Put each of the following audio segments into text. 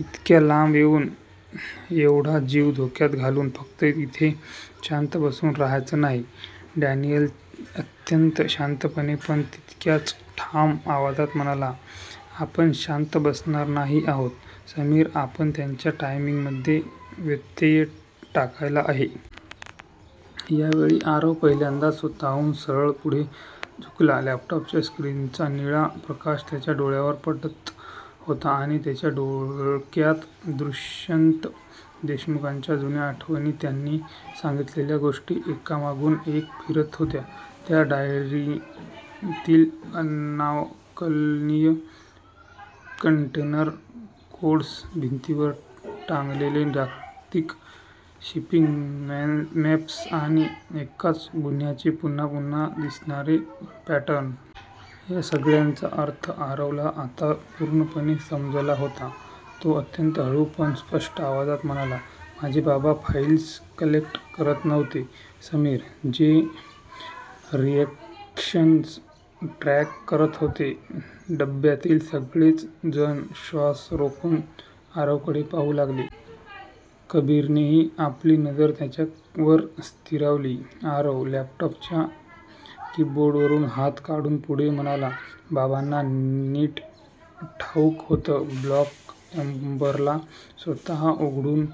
इतक्या लांब येऊन, एवढा जीव धोक्यात घालून फक्त इथे शांत बसून राहायचं? नाही, डॅनियल अत्यंत शांतपणे, पण तितक्याच ठाम आवाजात म्हणाला. "आपण शांत बसणार नाही आहोत, समीर. आपण त्यांच्या टायमिंगमध्ये व्यत्यय टाकायचा आहे." या वेळी आरव पहिल्यांदाच स्वतःहून सरळ पुढे झुकला. लॅपटॉपच्या स्क्रीनचा निळा प्रकाश त्याच्या डोळ्यांवर पडत होता आणि त्याच्या डोक्यात दुष्यंत देशमुखांच्या जुन्या आठवणी, त्यांनी सांगितलेल्या गोष्टी एकामागून एक फिरत होत्या. त्या डायरीतील अनाकलनीय कंटेनर कोड्स, भिंतीवर टांगलेले जागतिक शिपिंग मॅप्स आणि एकाच गुन्ह्याचे पुन्हा पुन्हा दिसणारे पॅटर्न्स. या सगळ्याचा अर्थ आरवला आता पूर्णपणे समजला होता. तो अत्यंत हळू, पण स्पष्ट आवाजात म्हणाला, "माझे बाबा फाईल्स कलेक्ट करत नव्हते, समीर. ते रिएक्शन्स ट्रॅक करत होते." डब्यातील सगळेच जण श्वास रोखून आरवकडे पाहू लागले. कबीरनेही आपली नजर त्याच्यावर स्थिरावली. आरव लॅपटॉपच्या कीबोर्डवरून हात काढून पुढे म्हणाला, "बाबांना नीट ठाऊक होतं. ब्लॅक एम्बरला स्वतः घडवून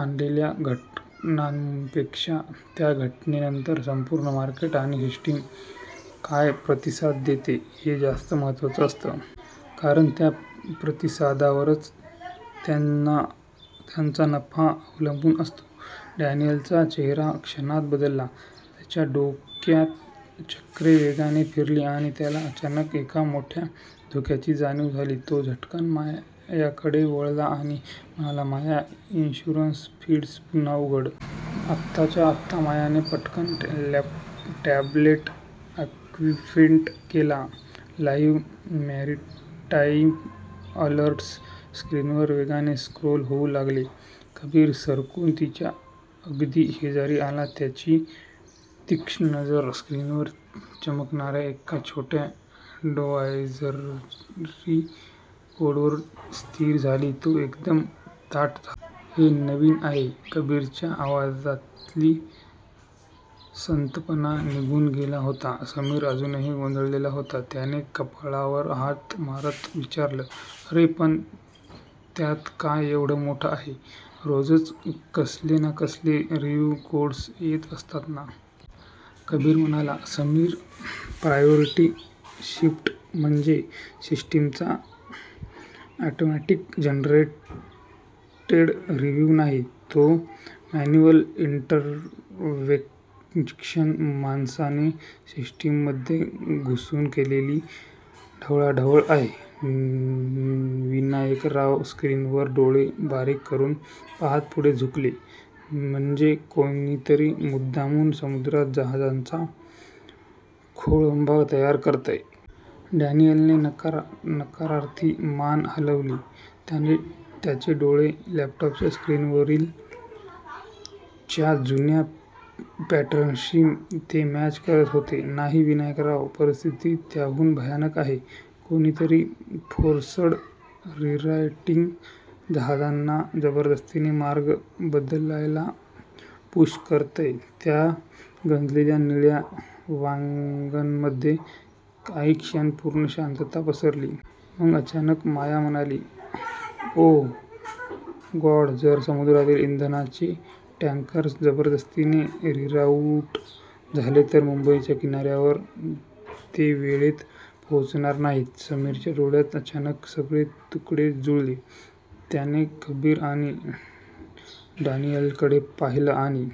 आणलेल्या घटनांपेक्षा, त्या घटनेनंतर संपूर्ण मार्केट आणि सिस्टीम काय प्रतिसाद देते, हे जास्त महत्त्वाचं असतं. कारण त्या प्रतिसादावरच त्यांचा नफा अवलंबून असतो." डॅनियलचा चेहरा क्षणात बदलला. त्याच्या डोक्यात चक्रे वेगाने फिरली आणि त्याला अचानक एका मोठ्या धोक्याची जाणीव झाली. तो झटकन मायाकडे वळला आणि म्हणाला, "माया, इन्शुरन्स फीड्स पुन्हा उघड. आत्ताच्या आत्ता!" मायाने पटकन टॅबलेट अॅक्टिव्हेट केला. लाईव्ह मॅरिटाईम अलर्ट्स स्क्रीनवर वेगाने स्क्रोल होऊ लागले. कबीर सरकून तिच्या अगदी शेजारी आला. त्याची तीक्ष्ण नजर स्क्रीनवर चमकणाऱ्या एका छोट्या अॅडव्हायझरी कोडवर स्थिर झाली. तो एकदम ताठ झाला. "हे नवीन आहे," कबीरच्या आवाजातली संथपणा निघून गेला होता. समीर अजूनही गोंधळलेला होता. त्याने कपाळावर हात मारत विचारलं, "अरे पण, त्यात काय एवढं मोठं आहे? रोजच कसले ना कसले रिव्ह्यू कोड्स येत असतात ना?" कबीर म्हणाला "समीर, प्रायोरिटी शिफ्ट म्हणजे सिस्टीमचा ऑटोमॅटिक जनरेटेड रिव्ह्यू नाही. तो मॅन्युअल इंटरव्हेन्शन माणसाने सिस्टीममध्ये घुसून केलेली ढवळाढवळ आहे. " विनायकराव स्क्रीनवर डोळे बारीक करून पाहत पुढे झुकले," म्हणजे कोणीतरी मुद्दामहून समुद्रात जहाजांचा खोळंबा तयार करतंय?" डॅनियलने नकारार्थी मान हलवली. त्याचे डोळे लॅपटॉपच्या स्क्रीनवरील '' च्या जुन्या पॅटर्न्सशी ते मॅच करत होते, "नाही विनायकराव. परिस्थिती त्याहून भयानक आहे." "कोणीतरी फोर्सड रीराउटिंग जहाजांना जबरदस्तीने मार्ग बदलायला पुश करतंय." त्या गंजलेल्या निळ्या वॅगनमध्ये काही क्षण पूर्ण शांतता पसरली. मग, अचानक माया म्हणाली, "ओह गॉड जर समुद्रातील इंधनाचे टँकर्स जबरदस्तीने रीराउट झाले, तर मुंबईच्या किनाऱ्यावर ते वेळेत पोहोचणार नाहीत." समीरच्या डोक्यात अचानक सगळे तुकडे जुळले. त्याने कबीर आणि डॅनियलकडे पाहिलं, आणि